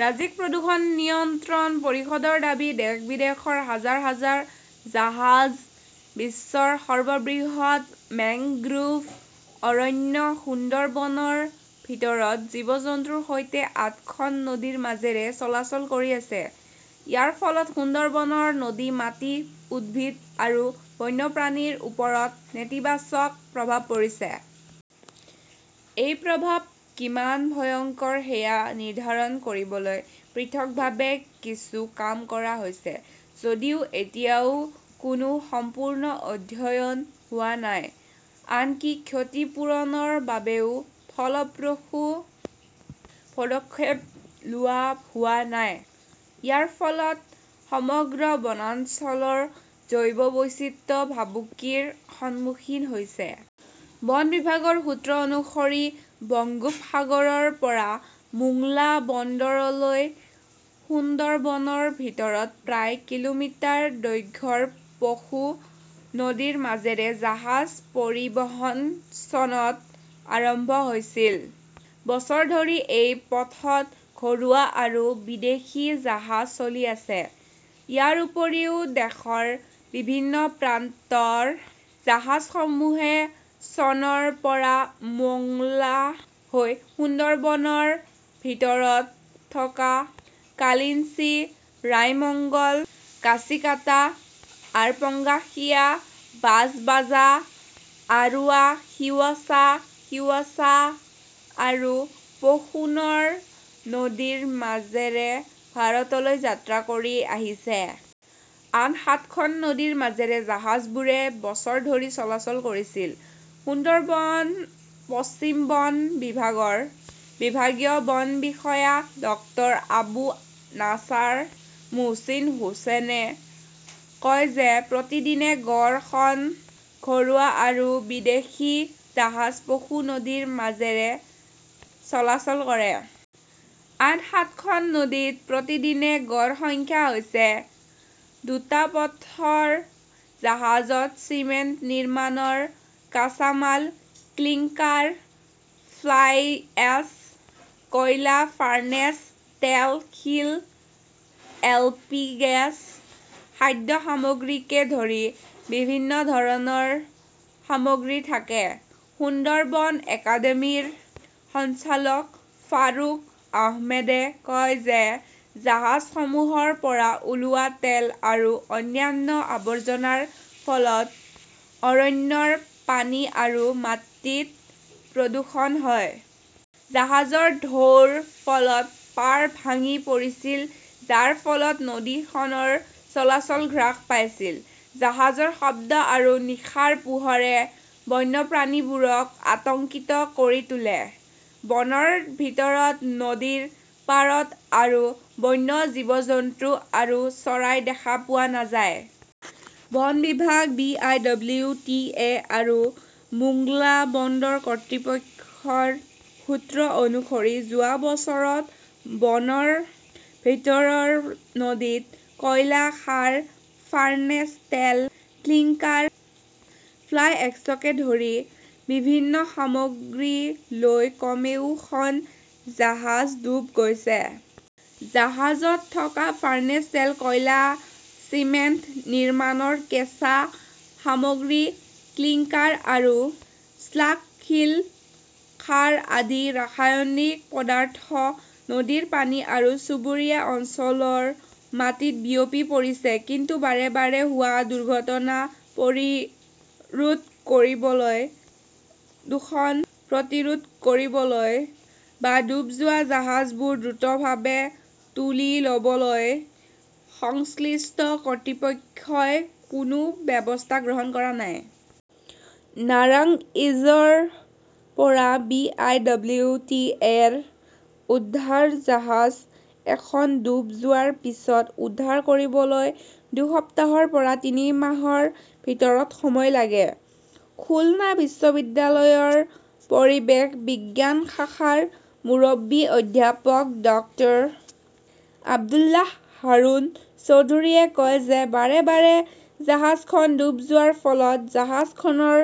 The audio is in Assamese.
ৰাজ্যিক প্ৰদূষণ নিয়ন্ত্ৰণ পৰিষদৰ দাবী দেশ-বিদেশৰ হাজাৰ হাজাৰ জাহাজ বিশ্বৰ সৰ্ববৃহৎ মেংগ্ৰোভ অৰণ্য সুন্দৰবনৰ ভিতৰত জীৱ-জন্তুৰ সৈতে আঠখন নদীৰ মাজেৰে চলাচল কৰি আছে। ইয়াৰ ফলত সুন্দৰবনৰ নদী, মাটি, উদ্ভিদ আৰু বন্যপ্ৰাণীৰ ওপৰত নেতিবাচক প্ৰভাৱ পৰিছে। এই প্ৰভাৱ কিমান ভয়ংকৰ সেয়া নিৰ্ধাৰণ কৰিবলৈ পৃথকভাৱে কিছু কাম কৰা হৈছে যদিও এতিয়াও কোনো সম্পূৰ্ণ অধ্যয়ন হোৱা নাই। আনকি ক্ষতি পূৰণৰ বাবেও ফলপ্ৰসূ পদক্ষেপ লোৱা হোৱা নাই। ইয়াৰ ফলত সমগ্ৰ বনাঞ্চলৰ জৈৱ বৈচিত্ৰ্য ভাবুকিৰ সন্মুখীন হৈছে। বন বিভাগৰ সূত্ৰ অনুসৰি, বংগোপসাগৰৰ পৰা মোংলা বন্দৰলৈ সুন্দৰবনৰ ভিতৰত প্ৰায় কিলোমিটাৰ দৈৰ্ঘ্যৰ পশু নদীৰ মাজেৰে জাহাজ পৰিবহণ চনত আৰম্ভ হৈছিল। বছৰ ধৰি এই পথত ঘৰুৱা আৰু বিদেশী জাহাজ চলি আছে। ইয়াৰ উপৰিও, দেশৰ বিভিন্ন প্ৰান্তৰ জাহাজসমূহে চনৰ পৰা মংগলা হৈ সুন্দৰবনৰ ভিতৰত থকা কালিঞ্চি, ৰায়মঙ্গল, কাছিকাটা, আৰপঙ্গাসিয়া, বাজবাজা, আৰুৱা শিৱছা, শিৱছা আৰু পশুনৰ নদীৰ মাজেৰে ভাৰতলৈ যাত্ৰা কৰি আহিছে। আন সাতখন নদীৰ মাজেৰে জাহাজবোৰে বছৰ ধৰি চলাচল কৰিছিল। সুন্দৰবন পশ্চিম বন বিভাগৰ বিভাগীয় বন বিষয়া ডক্টৰ আবু নাছাৰ মোহচিন হুচেনে কয় যে প্ৰতিদিনে গড় খন ঘৰুৱা আৰু বিদেশী জাহাজ পশু নদীৰ মাজেৰে চলাচল কৰে। আন সাতখন নদীত প্ৰতিদিনে গড় সংখ্যা হৈছে। দুটা পথৰ জাহাজত চিমেণ্ট নিৰ্মাণৰ কাঁচামাল ক্লিংকাৰ, ফ্লাইএছ, কয়লা, ফাৰ্নেচ তেল, শিল, এলপি গেছ, খাদ্য সামগ্ৰীকে ধৰি বিভিন্ন ধৰণৰ সামগ্ৰী থাকে। সুন্দৰবন একাডেমীৰ সঞ্চালক ফাৰুক আহমেদে কয় যে জাহাজসমূহৰ পৰা ওলোৱা তেল আৰু অন্যান্য আৱৰ্জনাৰ ফলত অৰণ্যৰ পানী আৰু মাটিত প্ৰদূষণ হয়। জাহাজৰ ঢৌৰ ফলত পাৰ ভাঙি পৰিছিল, যাৰ ফলত নদীখনৰ চলাচল হ্ৰাস পাইছিল। জাহাজৰ শব্দ আৰু নিশাৰ পোহৰে বন্যপ্ৰাণীবোৰক আতংকিত কৰি তোলে। বনৰ ভিতৰত নদীৰ পাৰত আৰু বন্য জীৱ-জন্তু আৰু চৰাই দেখা পোৱা নাযায়। বন বিভাগ, B. I. W. T. A. আৰু মোংলা বন্দৰ কৰ্তৃপক্ষৰ সূত্ৰ অনুসৰি যোৱা বছৰত বনৰ ভিতৰৰ নদীত কয়লা, সাৰ, ফাৰ্নেচ তেল, ক্লিংকাৰ, ফ্লাইএশ্বকে ধৰি বিভিন্ন সামগ্ৰী লৈ কমেও খন জাহাজ ডুব গৈছে। জাহাজত থকা ফাৰ্নেছ তেল, কয়লা, চিমেণ্ট নিৰ্মাণৰ কেঁচা সামগ্ৰী ক্লিংকাৰ আৰু স্লাগ, শিল, সাৰ আদি ৰাসায়নিক পদাৰ্থ নদীৰ পানী আৰু চুবুৰীয়া অঞ্চলৰ মাটিত বিয়পি পৰিছে। কিন্তু বাৰে বাৰে হোৱা দুৰ্ঘটনা পৰিৰোধ কৰিবলৈ দুখন প্ৰতিৰোধ কৰিবলৈ, বা ডুব যোৱা জাহাজবোৰ দ্ৰুতভাৱে তুলি ল "বলৈ সংশ্লিষ্ট কৰ্তৃপক্ষই কোনো ব্যৱস্থা গ্ৰহণ কৰা নাই। নাৰাংইজৰ পৰা বি. আই. ডব্লিউ. টি. এ.ৰ উদ্ধাৰ জাহাজ এখন ডুব যোৱাৰ পিছত উদ্ধাৰ কৰিবলৈ দুসপ্তাহৰ পৰা তিনি মাহৰ ভিতৰত সময় লাগে। খুলনা বিশ্ববিদ্যালয়ৰ পৰিৱেশ বিজ্ঞান শাখাৰ মুৰব্বী অধ্যাপক ডক্টৰ আব্দুল্লাহ হাৰুন চৌধুৰীয়ে কয় যে বাৰে বাৰে জাহাজখন ডুব যোৱাৰ ফলত জাহাজখনৰ